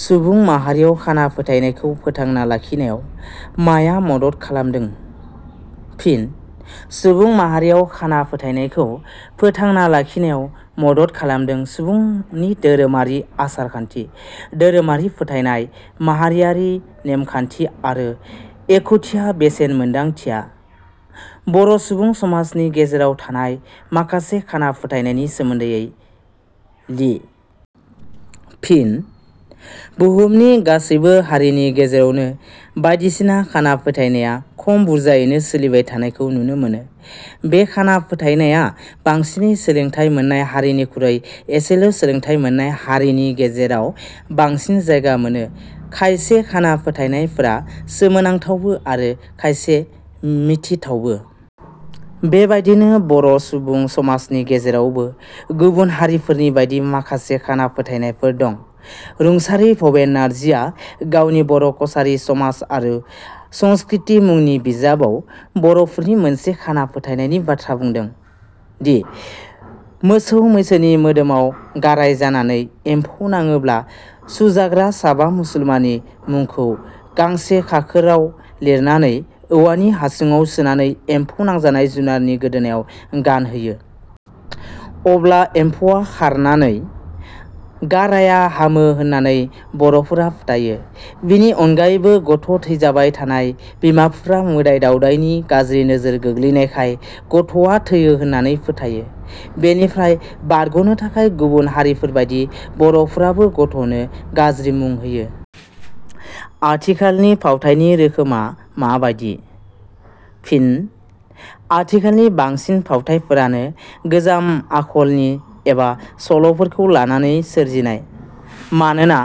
सुबुं माहारियाव खाना फोथायनायखौ फोथांना लाखिनायाव माया मदद खालामदों? फिन :- सुबुं माहारियाव खाना फोथायनायखौ फोथांना लाखिनायाव मदद खालामदों सुबुंनि धोरोमारि आसार-खान्थि, धोरोमारि फोथायनाय, माहारियारि नेमखान्थि आरो एखुथिया बेसेन मोन्दांथिया। बर' सुबुं समाजनि गेजेराव थानाय माखासे खाना फोथायनायनि सोमोन्दै लिए। फिन :- बुहुमनि गासैबो हारिनि गेजेरावनो बायदिसिना खाना फोथायनाया खम बुरजायैनो सोलिबाय थानायखौ नुनो मोनो। बे खाना फोथायनाया बांसिनै सोलोंथाइ मोन्नाय हारिनिखुइ एसेल' सोलोंथाइ मोननाय हारिनि गेजेराव बांसिन जायगा मोनो। खायसे खाना फोथायनायफोरा सोमोनांथावबो आरो खायसे मिथिथावबो। बे बायदिनो बर' सुबुं समाजनि गेजेरावबो गुबुन हारिफोरनि बायदि माखासे खाना फोथायनायफोर दं। रुंसारि भबेन नार्जीआ गावनि बर' कसारीर समाज आरु संस्कृति मुनि बिजाबआव बर 'फोरनि मोनसे खाना फोथायनायनि बाथ्रा बुंदों दि मोसौ-मैसोनि मोदोमआव गाराइ जानानै एम्फौ नाडोब्ला सुजाग्रा साबा मुसलमाननि मुंखौ गांसे खाखोरआव लिरनानै औवानि हासुंआव सोनानै एम्फौ नांजानाय जुनारनि गोदोनायाव गानहोयो। अब्ला एम्फौवा खांरनानै गाराइया हामो होन्नानै बर 'फोरा फोथायो। बिनि अनगायैबो गथ' थैजाबाय थानाय बिमाफोरा मोदाइ-दाउदाइनि गाज्रि नोजोर गोग्लैनायखाय गथ'आ थैयो होन्नानै फोथायो। बेनिफ्राय बारग 'नो थाखाय गुबुन हारिफोरबादि बर 'फोराबो गथ 'नो गाज्रि मुं होयो। आथिखालनि फावथाइनि रोखोमा माबादि? फिन: आथिखालनि बांसिन फावथाइफोरानो गोजाम आखलनि एबा सल 'फोरखौ लानानै सोरजिनाय। मानोना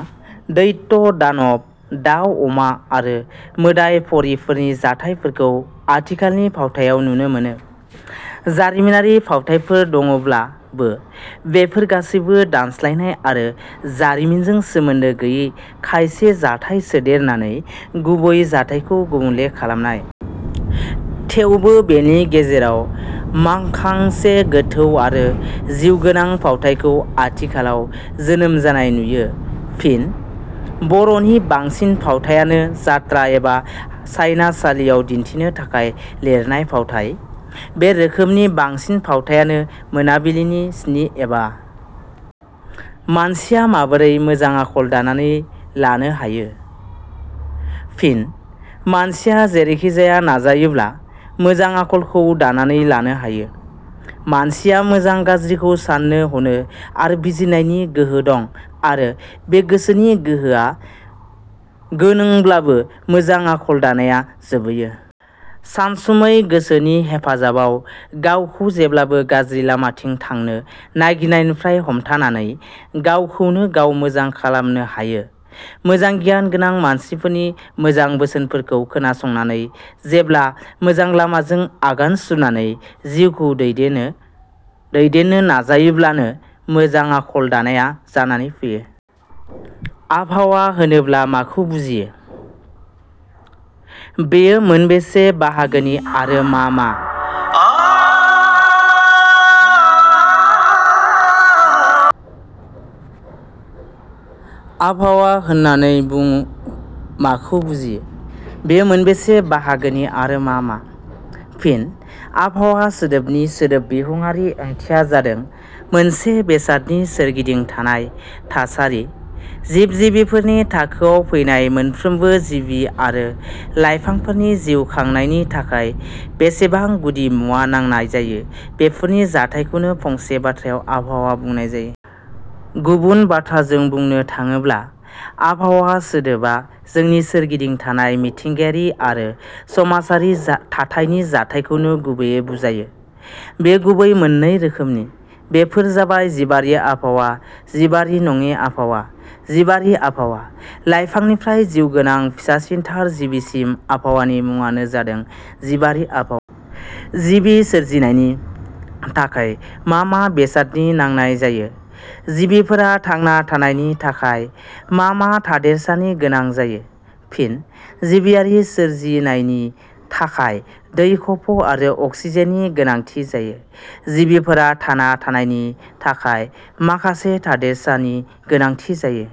दैत्य-दानब, दाउ-अमा आरो मोदाइ परिफोरनि जाथाइफोरखौ आथिखालनि फावथाइयाव नुनो मोनो। जारिमिनारि फावथाइफोर दङब्लाबो बेफोर गासैबो दानस्लायनाय आरो जारिमिनजों सोमोन्दो गैयि खायसे जाथाय सोदेरनानै गुबै जाथाइखौ गुबुंले खालामनाय। थेवबो बेनि गेजेराव मांखासे गोथौ आरो जिउ गोनां फावथाइबो आथिखालआव जोनोम जानाय नुयो। फिन: बर 'नि बांसिन फावथाइयानो जात्रा एबा सायनासालियाव दिन्थिनो थाखाय लिरनाय फावथाइ। बे रोखोमनि बांसिन फावथाइयानो मोनाबिलिनि स्नि एबा। मानसिया माबोरै मोजां आखल दानानै लानो हायो? फिन :- मानसिया जेरैखि जाया नाजायोब्ला मोजां आखलखौ दानानै लानो हायों। मानसिया मोजां गाज्रिखौ साननो ह'नो आरो बिजिरनायनि गोहो दङ आरो बे गोसोनि गोहोआ गोनोंब्लाबो मोजां आखल दानाया जोबैयो। सानसुमै गोसोनि हेफाजाबआव गावखौ जेब्लाबो गाज्रि लामाथिं थांनो नायगिरिनायनिफ्राय हमथानानै गावखौनो गाव मोजां खालामनो हायो। मोजां गियान गोनां मानसिफोरनि मोजां बोसोनफोरखौ खोनासंनानै जेब्लाबो मोजां लामाजों आगान सुरनानै जिउखौ दैदेननो नाजायोब्लानो मोजां आखल 'दानाया जानानै फैयो। आबहावा होनोब्ला माखौ बुजियो? बेयो मोनबेसे बाहागोनि आरो मा मा? फिन: आबहावा सोदोबनि सोदोब बिहुंआरि ओंथिया जादों मोनसे बेसादनि सोरगिदिं थानाय थासारि। जिब-जिबिफोरनि थाखोआव फैनाय मोनफ्रोमबो जिबि आरो लाइफांफोरनि जिउ खांनायनि थाखाय जेसेबां गुदि मुवा नांनाय जायो बेफोरनि जाथायखौनो फंसे बाथ्रायाव आबहावा बुंनाय जायो। गुबुन बाथ्राजों बुंनो थाडोब्ला आबहावा सोदोबा जोंनि सोरगिदिं थानाय मिथिंगायारि आरो समाजारि थाथायनि जाथायखौनो गुबैयै बुजायो। बेयो गुबैयै मोननै रोखोमनि। बेफोर जाबाय- जिबारि आबहावा जिबारि नङि आबहावा जिबारि आबहावा: लाइफांनिफ्राय जिउगोनां फिसासिनथार जिबिसिम आबहावानि मुंआनो जादों जिबारि आबहावा। जिबि सोरजिनायनि थाखाय मा मा बेसादनि नांनाय जायो। जिबिफोरा थांना थानायनि थाखाय मा मा थादेरसानि गोनां जायो? फिन: जिबि सोरजिनायनि थाखाय दै खफ' आरो अक्सिजेननि गोनांथि जायो। जिबिफोरा थाना थानायनि थाखाय माखासे थादेरसानि गोनांथि जायो।